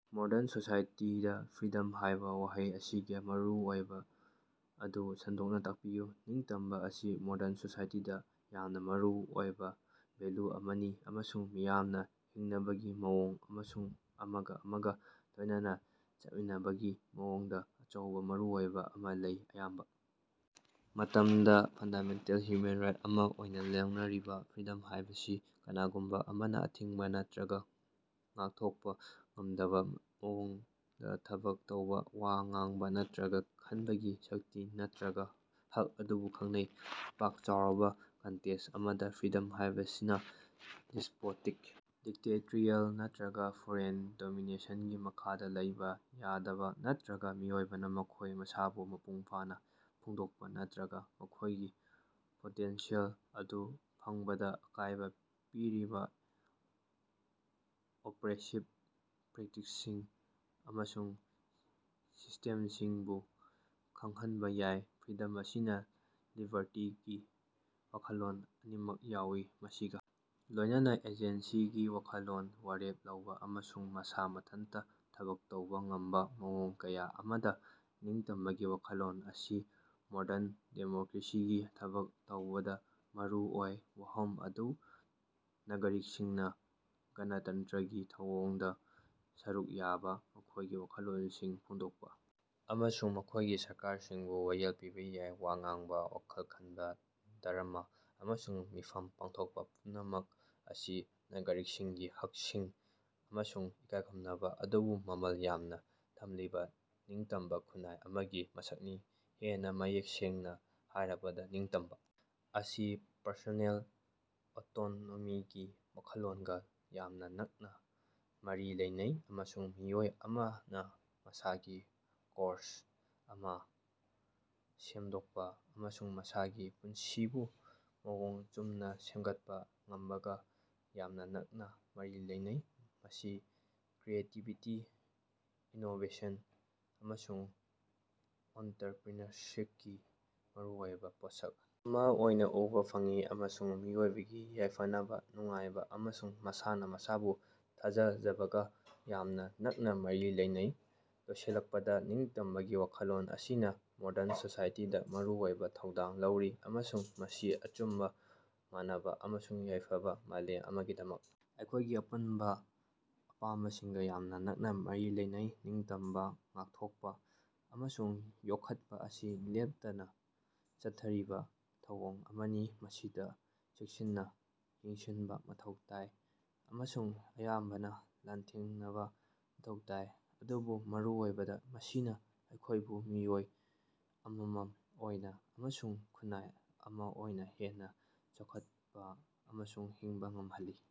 Modern ꯁꯣꯁꯥꯏꯇꯤꯗꯥ freedom ꯍꯥꯏꯕ ꯋꯥꯍꯩ ꯑꯁꯤꯒꯤ ꯃꯔꯨꯑꯣꯏꯕ ꯑꯗꯨ ꯁꯟꯗꯣꯛꯅ ꯇꯥꯛꯄꯤꯌꯨ꯫ ꯅꯤꯡꯇꯝꯕ ꯑꯁꯤ ꯃꯣꯗ꯭ꯔꯟ ꯁꯣꯁꯥꯏꯇꯤꯗꯥ ꯌꯥꯝꯅ ꯃꯔꯨꯑꯣꯏꯕ ꯚꯦꯂ꯭ꯌꯨ ꯑꯃꯅꯤ, ꯑꯃꯁꯨꯡ ꯃꯤꯌꯥꯝꯅ ꯍꯤꯡꯅꯕꯒꯤ ꯃꯑꯣꯡ ꯑꯃꯁꯨꯡ ꯑꯃꯒꯥ ꯑꯃꯒꯥ ꯂꯣꯏꯅꯅꯥ ꯆꯠꯃꯤꯟꯅꯕꯒꯤ ꯃꯑꯣꯡꯗ ꯑꯆꯧꯕ ꯃꯔꯨꯑꯣꯏꯕ ꯑꯃ ꯂꯩ꯫ ꯑꯌꯥꯝꯕ ꯃꯇꯝꯗ ꯐꯟꯗꯥꯃꯦꯟꯇꯦꯜ ꯍ꯭ꯌꯨꯃꯦꯟ ꯔꯥꯏꯠ ꯑꯃ ꯑꯣꯏꯅ ꯂꯧꯅꯔꯤꯕ ꯐ꯭ꯔꯤꯗꯝ ꯍꯥꯏꯕꯁꯤ ꯀꯅꯥꯒꯨꯝꯕ ꯑꯃꯅ ꯑꯊꯤꯡꯕ ꯅꯠꯇꯔꯒ ꯉꯥꯛꯊꯣꯛꯄ ꯉꯝꯗꯕ ꯃꯑꯣꯡꯗ ꯊꯕꯛ ꯇꯧꯕ, ꯋꯥ ꯉꯥꯡꯕ ꯅꯠꯇꯔꯒ ꯈꯟꯕꯒꯤ ꯁꯛꯇꯤ ꯅꯠꯇꯔꯒ ꯍꯛ ꯑꯗꯨꯕꯨ ꯈꯪꯅꯩ꯫ ꯄꯥꯛ-ꯆꯥꯎꯔꯕ ꯀꯟꯇꯦꯛꯁ ꯑꯃꯗ, ꯐ꯭ꯔꯤꯗꯝ ꯍꯥꯏꯕꯁꯤꯅ ꯗꯤꯁ꯭ꯄꯣꯇꯤꯛ, ꯗꯤꯛꯇꯦꯇꯔꯤꯌꯦꯜ ꯅꯠꯇꯔꯒ ꯐꯣꯔꯦꯟ ꯗꯣꯃꯤꯅꯦꯁꯟꯒꯤ ꯃꯈꯥꯗ ꯂꯩꯕ ꯌꯥꯗꯕ ꯅꯠꯇꯔꯒ ꯃꯤꯑꯣꯏꯕꯅ ꯃꯈꯣꯏ ꯃꯁꯥꯕꯨ ꯃꯄꯨꯡꯐꯥꯅ ꯐꯣꯡꯗꯣꯛꯄ ꯅꯠꯇꯔꯒ ꯃꯈꯣꯏꯒꯤ ꯄꯣꯇꯦꯟꯁꯤꯑꯦꯜ ꯑꯗꯨ ꯐꯪꯕꯗ ꯑꯀꯥꯏꯕ ꯄꯤꯔꯤꯕ ꯑꯣꯄ꯭ꯔꯦꯁꯤꯚ ꯄ꯭ꯔꯦꯛꯇꯤꯁꯁꯤꯡ ꯑꯃꯁꯨꯡ ꯁꯤꯁꯇꯦꯝꯁꯤꯡꯕꯨꯁꯨ ꯈꯪꯍꯟꯕ ꯌꯥꯏ꯫ ꯐ꯭ꯔꯤꯗꯝ ꯑꯁꯤꯅ ꯂꯤꯕꯔꯇꯤꯒꯤ ꯋꯥꯈꯜꯂꯣꯟ ꯑꯅꯤꯃꯛ ꯌꯥꯎꯏ, ꯃꯁꯤꯒ ꯂꯣꯏꯅꯅꯥ ꯑꯦꯖꯦꯟꯁꯤꯒꯤ ꯋꯥꯈꯜꯂꯣꯟ ꯋꯥꯔꯦꯞ ꯂꯧꯕ ꯑꯃꯁꯨꯡ ꯃꯁꯥ ꯃꯊꯟꯇ ꯊꯕꯛ ꯇꯧꯕ ꯉꯝꯕ ꯃꯑꯣꯡ ꯀꯌꯥ ꯑꯃꯗ, ꯅꯤꯡꯇꯝꯕꯒꯤ ꯋꯥꯈꯜꯂꯣꯟ ꯑꯁꯤ ꯃꯣꯗꯔꯟ ꯗꯦꯃꯣꯀ꯭ꯔꯦꯁꯤꯒꯤ ꯊꯕꯛ ꯇꯧꯕꯗ ꯃꯔꯨ ꯑꯣꯏ, ꯃꯐꯝ ꯑꯗꯨꯗ ꯅꯥꯒꯔꯤꯛꯁꯤꯡꯅ ꯒꯅꯇꯟꯇꯔꯒꯤ ꯊꯧꯑꯣꯡꯗ ꯁꯔꯨꯛ ꯌꯥꯕ, ꯃꯈꯣꯏꯒꯤ ꯋꯥꯈꯜꯂꯣꯟꯁꯤꯡ ꯐꯣꯡꯗꯣꯛꯄ ꯑꯃꯁꯨꯡ ꯃꯈꯣꯏꯒꯤ ꯁꯔꯀꯥꯔꯁꯤꯡꯕꯨ ꯋꯥꯌꯦꯜ ꯄꯤꯕ ꯌꯥꯏ꯫ ꯋꯥ ꯉꯥꯡꯕ, ꯋꯥꯈꯜ ꯈꯟꯕ, ꯙꯔꯝꯃ ꯑꯃꯁꯨꯡ ꯃꯤꯐꯝ ꯄꯥꯡꯊꯣꯛꯄ ꯄꯨꯝꯅꯃꯛ ꯑꯁꯤ ꯅꯥꯒꯔꯤꯛꯁꯤꯡꯒꯤ ꯍꯛꯁꯤꯡ ꯑꯃꯁꯨꯡ ꯏꯀꯥꯏꯈꯨꯝꯅꯕ ꯑꯗꯨꯕꯨ ꯃꯃꯜ ꯌꯥꯝꯅ ꯊꯝꯂꯤꯕ ꯅꯤꯡꯇꯝꯕ ꯈꯨꯟꯅꯥꯏ ꯑꯃꯒꯤ ꯃꯁꯛꯅꯤ꯫ ꯍꯦꯟꯅ ꯃꯌꯦꯛ ꯁꯦꯡꯅ ꯍꯥꯏꯔꯕꯗ, ꯅꯤꯡꯇꯝꯕ ꯑꯁꯤ ꯄꯔꯁꯣꯅꯦꯜ ꯑꯣꯇꯣꯅꯣꯃꯤꯒꯤ ꯋꯥꯈꯜꯂꯣꯟꯒ ꯌꯥꯝꯅ ꯅꯛꯅ ꯃꯔꯤ ꯂꯩꯅꯩ, ꯑꯃꯁꯨꯡ ꯃꯤꯑꯣꯏ ꯑꯃꯅ ꯃꯁꯥꯒꯤ ꯀꯣꯔꯁ ꯑꯃ ꯁꯦꯝꯗꯣꯛꯄ ꯑꯃꯁꯨꯡ ꯃꯁꯥꯒꯤ ꯄꯨꯟꯁꯤꯕꯨ ꯃꯑꯣꯡ ꯆꯨꯝꯅ ꯁꯦꯝꯒꯠꯄ ꯉꯝꯕꯒ ꯌꯥꯝꯅ ꯅꯛꯅꯥ ꯃꯔꯤ ꯂꯩꯅꯩ꯫ ꯃꯁꯤ ꯀ꯭ꯔꯤꯌꯦꯇꯤꯕꯤꯇꯤ, ꯏꯅꯣꯕꯦꯁꯟ, ꯑꯃꯁꯨꯡ ꯑꯣꯟꯇꯔꯄ꯭ꯔꯤꯅꯔꯁꯤꯞꯀꯤ ꯃꯔꯨꯑꯣꯏꯕ ꯄꯣꯠꯁꯛ ꯑꯃ ꯑꯣꯏꯅ ꯎꯕꯥ ꯐꯪꯏ, ꯑꯃꯁꯨꯡ ꯃꯤꯑꯣꯏꯕꯒꯤ ꯌꯥꯏꯐꯅꯕ, ꯅꯨꯡꯉꯥꯏꯕ ꯑꯃꯁꯨꯡ ꯃꯁꯥꯅ ꯃꯁꯥꯕꯨ ꯊꯥꯖꯖꯕꯒ ꯌꯥꯝꯅ ꯅꯛꯅ ꯃꯔꯤ ꯂꯩꯅꯩ꯫ ꯂꯣꯏꯁꯤꯜꯂꯛꯄꯗ, ꯅꯤꯡꯇꯝꯕꯒꯤ ꯋꯥꯈꯜꯂꯣꯟ ꯑꯁꯤꯅ ꯃꯣꯗ꯭ꯔꯟ ꯁꯣꯁꯥꯏꯇꯤꯗ ꯃꯔꯨꯑꯣꯏꯕ ꯊꯧꯗꯥꯡ ꯂꯧꯔꯤ, ꯑꯃꯁꯨꯡ ꯃꯁꯤ ꯑꯆꯨꯝꯕ, ꯃꯥꯟꯅꯕ ꯑꯃꯁꯨꯡ ꯌꯥꯏꯐꯕꯥ ꯃꯥꯂꯦꯝ ꯑꯃꯒꯤꯗꯃꯛ ꯑꯩꯈꯣꯏꯒꯤ ꯑꯄꯨꯟꯕ ꯑꯄꯥꯝꯕꯁꯤꯡꯒ ꯌꯥꯝꯅ ꯅꯛꯅꯥ ꯃꯔꯤ ꯂꯩꯅꯩ꯫ ꯅꯤꯡꯇꯝꯕꯥ ꯉꯥꯛꯊꯣꯛꯄ ꯑꯃꯁꯨꯡ ꯌꯣꯛꯈꯠꯄ ꯑꯁꯤ ꯂꯦꯞꯇꯅꯥ ꯆꯠꯊꯔꯤꯕ ꯊꯧꯑꯣꯡ ꯑꯃꯅꯤ ꯃꯁꯤꯗ ꯆꯦꯛꯁꯤꯟꯅ ꯌꯦꯡꯁꯤꯟꯕ ꯃꯊꯧ ꯇꯥꯏ, ꯑꯃꯁꯨꯡ ꯑꯌꯥꯝꯕꯅ, ꯂꯥꯟꯊꯦꯡꯅꯕꯥ ꯃꯊꯧ ꯇꯥꯏ, ꯑꯗꯨꯕꯨ ꯑꯔꯣꯏꯕꯗ ꯃꯁꯤꯅ ꯑꯩꯈꯣꯏꯕꯨ ꯃꯤꯑꯣꯏ ꯑꯃꯃꯝ ꯑꯣꯏꯅ ꯑꯃꯁꯨꯡ ꯈꯨꯟꯅꯥꯏ ꯑꯃ ꯑꯣꯏꯅ ꯍꯦꯟꯅ ꯆꯥꯎꯈꯠꯄ ꯑꯃꯁꯨꯡ ꯍꯤꯡꯕ ꯉꯝꯍꯜꯂꯤ꯫